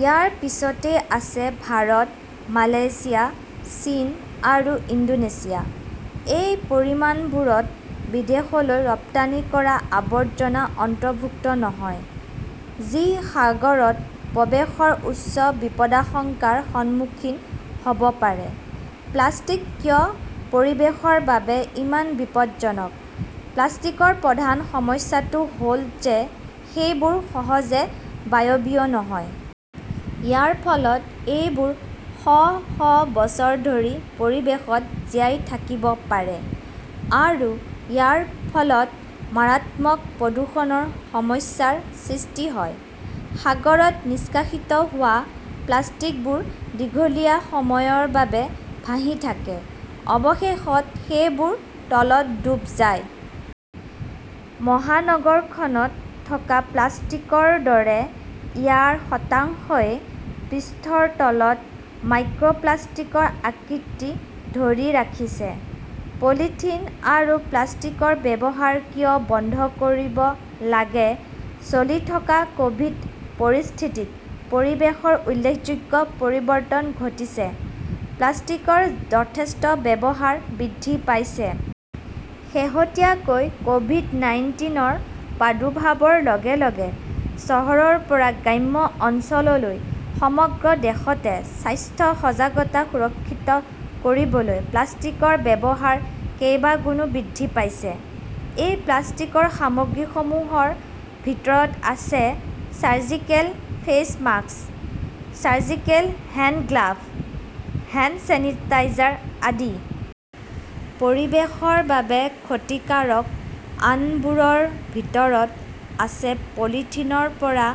ইয়াৰ পিছতে আছে ভাৰত, মালয়েছিয়া, চীন আৰু ইণ্ডোনেছিয়া। এই পৰিমাণবোৰত বিদেশলৈ ৰপ্তানি কৰা আৱৰ্জনা অন্তৰ্ভুক্ত নহয়, যি সাগৰত প্ৰৱেশৰ উচ্চ বিপদাশংকাৰ সন্মুখীন হ 'ব পাৰে। প্লাষ্টিক কিয় পৰিৱেশৰ বাবে ইমান বিপদজনক? প্লাষ্টিকৰ প্ৰধান সমস্যাটো হ'ল যে সেইবোৰ সহজে বায়বীয় নহয়। ইয়াৰ ফলত এইবোৰ শ শ বছৰ ধৰি পৰিৱেশত জীয়াই থাকিব পাৰে আৰু ইয়াৰ ফলত মাৰাত্মক প্ৰদূষণৰ সমস্যাৰ সৃষ্টি হয়। সাগৰত নিষ্কাশিত হোৱা প্লাষ্টিকবোৰ দীঘলীয়া সময়ৰ বাবে ভাহি থাকে। অৱশেষত সেইবোৰ তলত ডুব যায়। মহানগৰখনত থকা প্লাষ্টিকৰ দৰে ইয়াৰ শতাংশই পৃষ্ঠৰ তলত মাইক্ৰ'প্লাষ্টিকৰ আকৃতি ধৰি ৰাখিছে। পলিথিন আৰু প্লাষ্টিকৰ ব্যৱহাৰ কিয় বন্ধ কৰিব লাগে চলি থকা ক'ভিড পৰিস্থিতিত পৰিৱেশৰ উল্লেখযোগ্য পৰিৱৰ্তন ঘটিছে। প্লাষ্টিকৰ যথেষ্ট ব্যৱহাৰ বৃদ্ধি পাইছে। শেহতীয়াকৈ ক'ভিড-নাইন্তিনৰ প্ৰাদুৰ্ভাৱৰ লগে লগে চহৰৰ পৰা গ্ৰাম্য অঞ্চললৈ সমগ্ৰ দেশতে স্বাস্থ্য সজাগতা সুৰক্ষিত কৰিবলৈ প্লাষ্টিকৰ ব্যৱহাৰ কেইবাগুণ বৃদ্ধি পাইছে। এই প্লাষ্টিকৰ সামগ্ৰীসমূহৰ ভিতৰত আছে surgical face mask, surgical hand glove, hand sanitiser আদি। পৰিৱেশৰ বাবে ক্ষতিকাৰক আনবোৰৰ ভিতৰত আছে পলিথিনৰ পৰা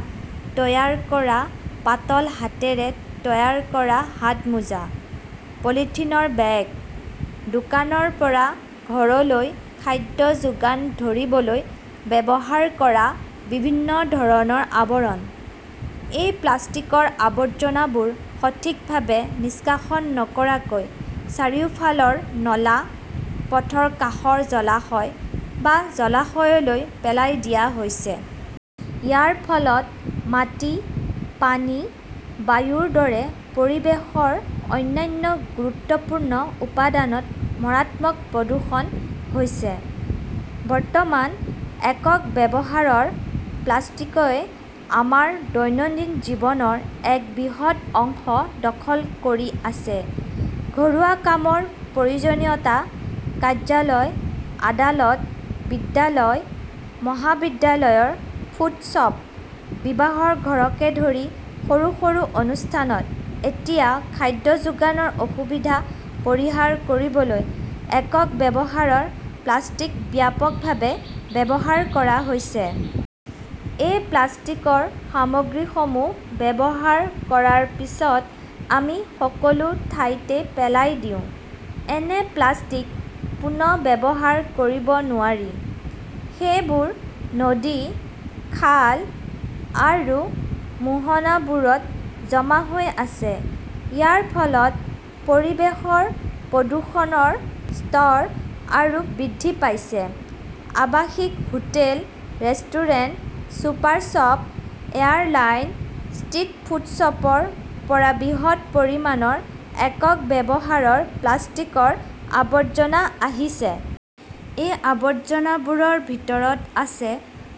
তৈয়াৰ কৰা পাতল হাতেৰে তৈয়াৰ কৰা হাতমোজা, পলিথিনৰ বেগ, দোকানৰ পৰা ঘৰলৈ খাদ্য যোগান ধৰিবলৈ ব্যৱহাৰ কৰা বিভিন্ন ধৰণৰ আৱৰণ। এই প্লাষ্টিকৰ আৱৰ্জনাবোৰ সঠিকভাৱে নিষ্কাশন নকৰাকৈ চাৰিওফালৰ নলা, পথৰ কাষৰ জলাশয় বা জলাশয়লৈ পেলাই দিয়া হৈছে। ইয়াৰ ফলত মাটি, পানী, বায়ুৰ দৰে পৰিৱেশৰ অন্যান্য গুৰুত্বপূৰ্ণ উপাদানত মাৰাত্মক প্ৰদূষণ হৈছে। বৰ্তমান, একক ব্যৱহাৰৰ প্লাষ্টিকই আমাৰ দৈনন্দিন জীৱনৰ এক বৃহৎ অংশ দখল কৰি আছে। ঘৰুৱা কামৰ প্ৰয়োজনীয়তা, কাৰ্যালয়, আদালত, বিদ্যালয়, মহাবিদ্যালয়ৰ ফুডশ্বপ, বিবাহৰ ঘৰকে ধৰি সৰু- সৰু অনুষ্ঠানত এতিয়া খাদ্য যোগানৰ অসুবিধা পৰিহাৰ কৰিবলৈ একক ব্যৱহাৰৰ প্লাষ্টিক ব্যাপকভাৱে ব্যৱহাৰ কৰা হৈছে। এই প্লাষ্টিকৰ সামগ্ৰীসমূহ ব্যৱহাৰ কৰাৰ পিছত আমি সকলো ঠাইতে পেলাই দিওঁ। এনে প্লাষ্টিক পুনৰ্ব্যৱহাৰ কৰিব নোৱাৰি। সেইবোৰ নদী, খাল আৰু মোহনাবোৰত জমা হৈ আছে। ইয়াৰ ফলত পৰিৱেশৰ প্ৰদূষণৰ স্তৰ আৰু বৃদ্ধি পাইছে। আৱাসিক hotel, restaurant, super shop, airline, street ফুডশ্বপৰ পৰা বৃহৎ পৰিমাণৰ একক ব্যৱহাৰৰ প্লাষ্টিকৰ আৱৰ্জনা আহিছে। এই আৱৰ্জনাবোৰৰ ভিতৰত আছে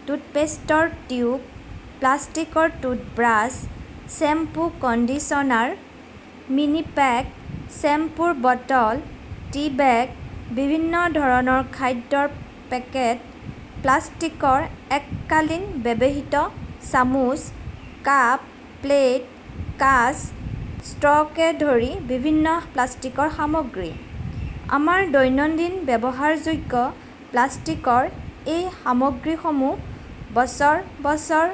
টুথপেষ্টৰ টিউব, প্লাষ্টিকৰ টুথব্ৰাছ, শ্বেম্পো-কণ্ডিছনাৰ মিনিপ্যাক, শ্বেম্পোৰ বটল, টি-বেগ, বিভিন্ন ধৰণৰ খাদ্যৰ পেকেট, প্লাষ্টিকৰ এককালীন ব্যৱহৃত চামুচ, কাপ, প্লেট, কাঁচ, ষ্ট্ৰ'ৰকে ধৰি বিভিন্ন প্লাষ্টিকৰ সামগ্ৰী। আমাৰ দৈনন্দিন ব্যৱহাৰযোগ্য প্লাষ্টিকৰ এই সামগ্ৰীসমূহ বছৰ বছৰ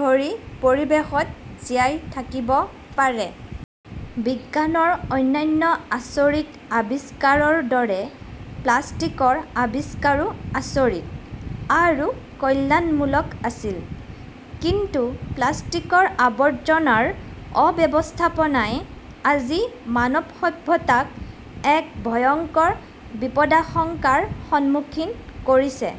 ধৰি পৰিৱেশত জীয়াই থাকিব পাৰে। বিজ্ঞানৰ অন্যান্য আচৰিত আৱিষ্কাৰৰ দৰে প্লাষ্টিকৰ আৱিষ্কাৰো আচৰিত আৰু কল্যাণমূলক আছিল। কিন্তু প্লাষ্টিকৰ আৱৰ্জনাৰ অব্যৱস্থাপনাই আজি মানৱ সভ্যতাক এক ভয়ংকৰ বিপদাশংকাৰ সন্মুখীন কৰিছে।